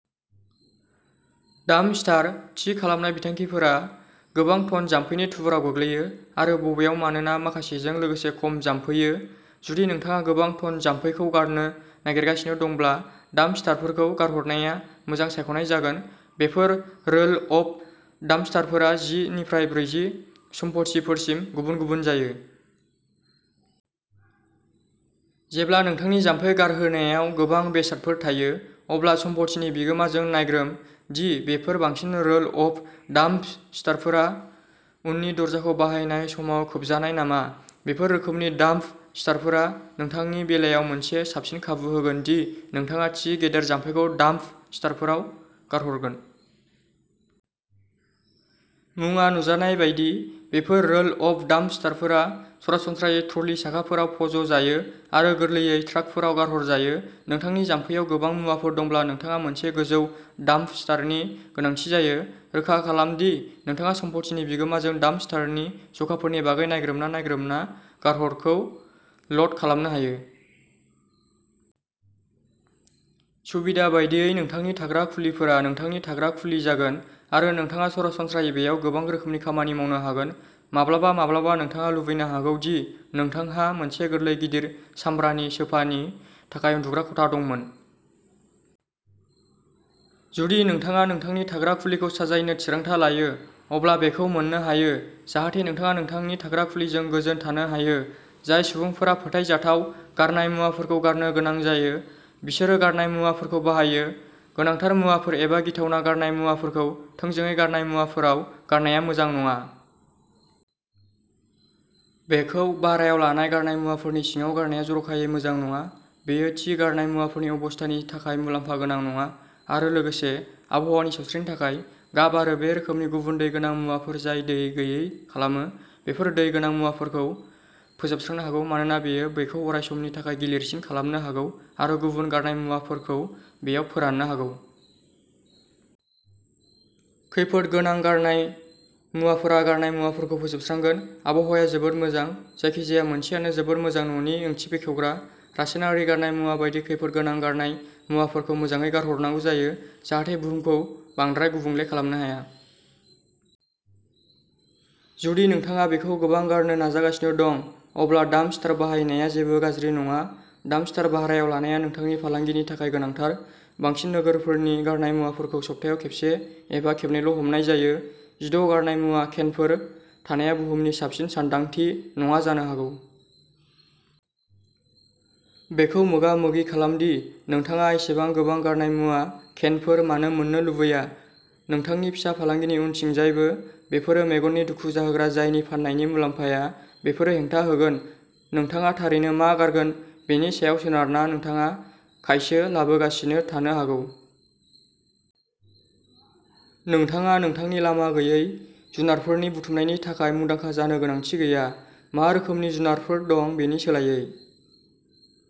Dumpster, थि खालामनाय बिथांखिफोरा गोबां टन जामफैनि थुबुरआव गोग्लैयो आरो बबेयाव मानोना माखासेजों लोगोसे खम जामफैबो। जुदि नोंथाङा गोबां टन जामफैखौ गारनो नागिरगासिनो दंब्ला डाम्पस्टारफोरखौ गारहरनाया मोजां सायख'नाय जागोन। बेफोर रोल अफ डाम्पस्टारफोरा जि निफ्राय ब्रैजि सम्पथिफोरसिम गुबुन-गुबुन जायो। जेब्ला नोंथांनि जामफै गारहोनायाव गोबां बेसादफोर थायो, अब्ला सम्पथिनि बिगोमाजों नायग्रोम दि बेफोर बांसिन रोल अफ डाम्पस्टारफोरा उननि दरजाखौ बाहायनाय समाव खोबजानाय नामा। बेफोर रोखोमनि डाम्पस्टारफोरा नोंथांनि बेलायाव मोनसे साबसिन खाबु होगोन दि नोंथाङा थि गेदेर जामफैखौ डाम्पस्टारफोराव गारहरगोन। मुंआ नुजानाय बायदि, बेफोर रोल अफ डाम्पस्टारफोरा सरासनस्रायै ट्र'लि साखाफोराव फज' जायो आरो गोरलैयै ट्राकफोराव गारहरजायो। नोंथांनि जामफैआव गोबां मुवाफोर दंब्ला नोंथाङा मोनसे गोजौ डाम्पस्टारनि गोनांथि जायो। रोखा खालाम दि नोंथाङा सम्पथिनि बिगोमाजों डाम्पस्टारनि जखाफोरनि बागै नायग्रोमना नायग्रोमना गारहरखौ ल'ड खालामनो हायो। सुबिदा बायदियै। नोंथांनि थाग्रा खुलिफोरा नोंथांनि थाग्रा खुलि जागोन आरो नोंथाङा सरासनस्रायै बेयाव गोबां रोखोमनि खामानि मावनो हागोन। माब्लाबा माब्लाबा नोंथाङा लुबैनो हागौ दि नोंथांहा मोनसे गोरलै गिदिर सामब्रानि सोफानि थाखाय उन्दुग्रा खथा दंमोन। जुदि नोंथाङा नोंथांनि थाग्रा खुलिखौ साजायनो थिरांथा लायो, अब्ला बेखौ मोननो हायो जाहाथे नोंथाङा नोंथांनि थाग्रा खुलिजों गोजोन थानो हायो। जाय सुबुंफोरा फोथायजाथाव गारनाय मुवाफोरखौ गारनो गोनां जायो, बिसोरो गारनाय मुवाफोरखौ बाहायो। गोनांथार मुवाफोर एबा गिथावना गारनाय मुवाफोरखौ थोंजोङै गारनाय मुवाफोराव गारनाया मोजां नङा। बेखौ भारायाव लानाय गारनाय मुवाफोरनि सिङाव गारनाया जर'खायै मोजां नङा। बेयो थि गारनाय मुवाफोरनि अबस्थानि थाखाय मुलाम्फा गोनां नङा आरो लोगोसे, आबहावानि सावस्रिनि थाखाय। गाब आरो बे रोखोमनि गुबुन दै गोनां मुवाफोर जाय दै गैयै खालामो, बेफोर दै गोनां मुवाफोरखौ फोजोबस्रांनो हागौ मानोना बेयो बेखौ अरायसमनि थाखाय गिलिरसिन खालामनो हागौ आरो गुबुन गारनाय मुवाफोरखौ बेयाव फोराननो हागौ। खैफोद गोनां गारनाय मुवाफोरा गारनाय मुवाफोरखौ फोजोबस्रांगोन। आबहावाया जोबोद मोजां। जायखिजाया मोनसेआनो जोबोद मोजां न'नि ओंथि बेखेवग्रा। रासायनारि गारनाय मुवा बायदि खैफोद गोनां गारनाय मुवाफोरखौ मोजाङै गारहरनांगौ जायो, जाहाथे बुहुमखौ बांद्राय गुबुंले खालामनो हाया। जुदि नोंथाङा बेखौ गोबां गारनो नाजागासिनो दं, अब्ला डाम्पस्टार बाहायनाया जेबो गाज्रि नङा। डाम्पस्टार भारायाव लानाया नोंथांनि फालांगिनि थाखाय गोनांथार। बांसिन नोगोरफोरनि गारनाय मुवाफोरखौ सप्तायाव खेबसे एबा खेबनैल'हमनाय जायो। जिद' गारनाय मुवा केनफोर थानाया बुहुमनि साबसिन सानदांथि नङा जानो हागौ। बेखौ मोगामोगि खालाम दि नोंथाङा एसेबां गोबां गारनाय मुवा केनफोर मानो मोन्नो लुबैया, नोंथांनि फिसा फालांगिनि उनथिंजायबो। बेफोरो मेगननि दुखु जाहोग्रा जायनि फाननायनि मुलाम्फाया। बेफोरो हेंथा होगोन। नोंथाङा थारैनो मा गारगोन बेनि सायाव सोनारना नोंथाङा खायसो लाबोगासिनो थानो हागौ। नोंथाङा नोंथांनि लामा गैयै जुनारफोरनि बुथुमनायनि थाखाय मुंदांखा जानो गोनांथि गैया, मा रोखोमनि जुनारफोर दं बेनि सोलायै।